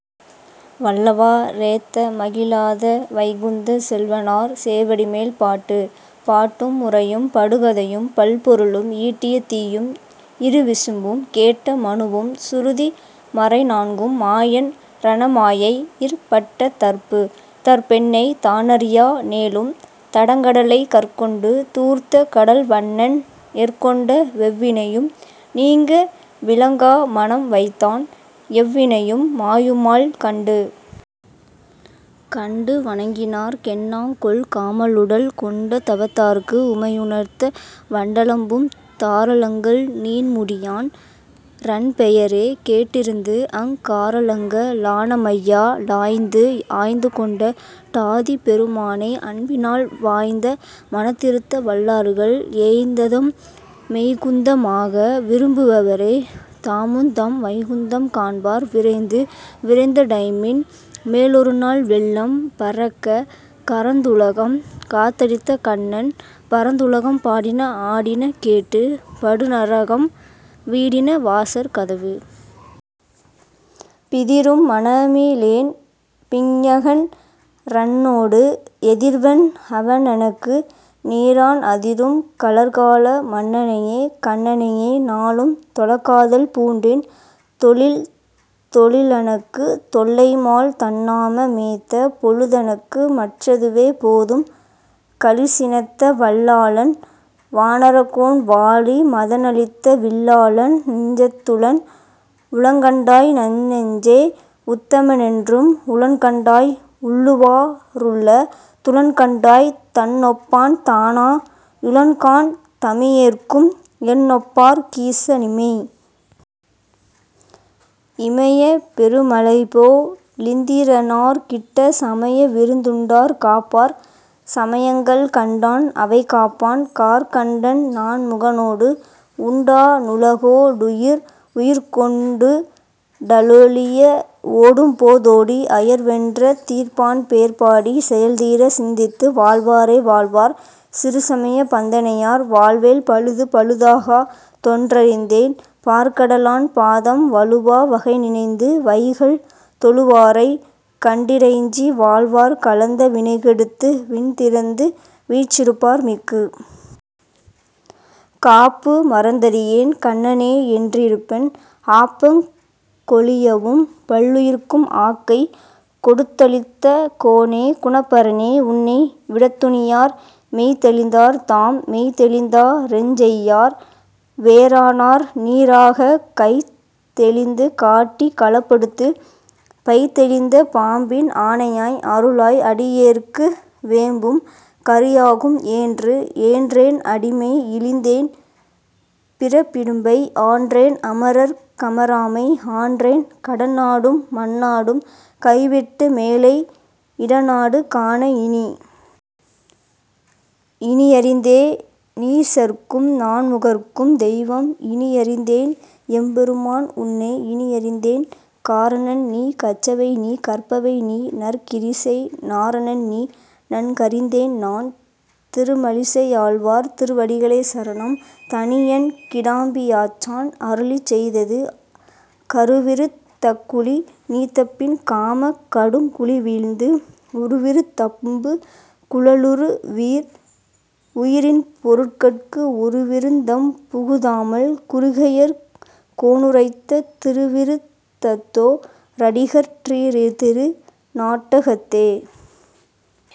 வல்லவா றேத்த மகிழாத, வைகுந்தச் செல்வனார் சேவடிமேல் பாட்டு. பாட்டும் முறையும் படுகதையும் பல்பொருளும் ஈட்டிய தீயும் இருவிசும்பும்,- கேட்ட மனுவும் சுருதி மறைநான்கும் மாயன் றனமாயை யிற்பட்ட தற்பு. தற்பென்னைத் தானறியா னேலும், தடங்கடலைக் கற்கொண்டு தூர்த்த கடல்வண்ணன், எற்கொண்ட வெவ்வினையும் நீங்க விலங்கா மனம்வைத்தான், எவ்வினையும் மாயுமால் கண்டு. கண்டு வணங்கினார்க் கென்னாங்கொல், காமனுடல் கொண்ட தவத்தாற்க்கு உமையுணர்த்த, வண்டலம்பும் தாரலங்கல் நீண்முடியான் றன்பெயரே கேட்டிருந்து, அங் காரலங்க லானமையா லாய்ந்து. ஆய்ந்துகொண்ட டாதிப் பெருமானை, அன்பினால் வாய்ந்த மனதிருத்த வல்லார்கள், ஏய்ந்ததம் மெய்குந்த மாக விரும்புவரே, தாமும்தம் வைகுந்தம் காண்பார் விரைந்து. விரைந்தடைமின் மேலொருநாள் வெள்ளம் பரக்க, கரந்துலகம் காத்தளித்த கண்ணன், பரந்துலகம் பாடின ஆடின கேட்டு, படுநரகம் வீடின வாசற் கதவு. பிதிரும் மனமிலேன் பிஞ்ஞகன் றன்னோடு, எதிர்வன் அவனெனக்கு நேரான், அதிரும் கழற்கால மன்னனையே கண்ணனையே, நாளும் தொழக்காதல் பூண்டேன் தொழில். தொழிலெனக்குத் தொல்லைமால் தன்னாம மேத்த, பொழுதெனக்கு மற்றதுவே போதும், கழிசினத்த வல்லாளன் வானரக்கோன் வாலி மதனழித்த, வில்லாளன் நெஞ்சத் துளன். உளன்கண்டாய் நன்நெஞ்சே. உத்தம னென்றும் உளன்கண்டாய், உள்ளுவா ருள்ளத், துளன்கண்டாய் தன்னொப்பான் தானா யுளன்காண் தமியேற்கும், என்னொப்பார்க் கீச னிமை. இமையப் பெருமலைபோ லிந்திரனார்க் கிட்ட, சமய விருந்துண்டார் காப்பார், சமயங்கள் கண்டான் அவைகாப்பான் கார்க்கண்டன் நான்முகனோடு உண்டா னுலகோ டுயிர். உயிர்கொண் டுடலொழிய ஓடும்போ தோடி, அயர்வென்ற தீர்ப்பான்பேர் பாடி, செயல்தீரச் சிந்தித்து வாழ்வாரே வாழ்வார், சிறுசமயப் பந்தனையார் வாழ்வேல் பழுது. பழுதாகா தொன்றறிந்தேன் பாற்கடலான் பாதம், வழுவா வகைநினைந்து வைகல் தொழுவாரை, கண்டிறைஞ்சி வாழ்வார் கலந்த வினைகெடுத்து விண்திறந்து வீற்றிருப்பார் மிக்கு. காப்பு மறந்தறியேன் கண்ணனே யென்றிருப்பன் ஆப்பங் கொழியவும் பல்லுயிர்க்கும், ஆக்கை கொடுத்தளித்த கோனே குணப்பரனே, உன்னை விடத்துணியார் மெய்தெளிந்தார் தாம். மெய்தெளிந்தா ரெஞ்செய்யார்? வேறானார் நீறாக கைதெளிந்து காட்டிக் களப்படுத்து, பைதெளிந்த பாம்பின் ஆனையாய். அருளாய் அடியேற்கு வேம்பும் கறியாகும் ஏன்று. ஏன்றேன் அடிமை இழிந்தேன் பிறப்பிடும்பை ஆன்றேன் அமரர்க் கமராமை, ஆன்றேன் கடன்நாடும் மண்ணாடும் கைவிட்டு, மேலை இடநாடு காண இனி. இனியறிந்தே னீசற்கும் நான்முகற்கும் தெய்வம் இனியறிந்தேன் எம்பெருமான். உன்னை, இனியறிந்தேன் காரணன்நீ கற்றவைநீ கற்பவைநீ, நற்கிரிசை நாரணன்நீ நன்கறிந்தேன் நான். திருமழிசையாழ்வார் திருவடிகளே சரணம். தனியன் கிடாம்பியாச்சான் அருளிச்செய்தது கருவிருத் தக்குழி நீத்தபின் காமக் கடுங்குழிவீழ்ந்து, ஒருவிருத் தம்புக் குழலுறு வீர். உயி ரின்பொருள்கட்கு, ஒருவிருத் தம்புகு தாமல் குருகையர் கோனுரைத்த, திருவிருத் தத்தோ ரடிகற் றிரீர்திரு நாட்டகத்தே.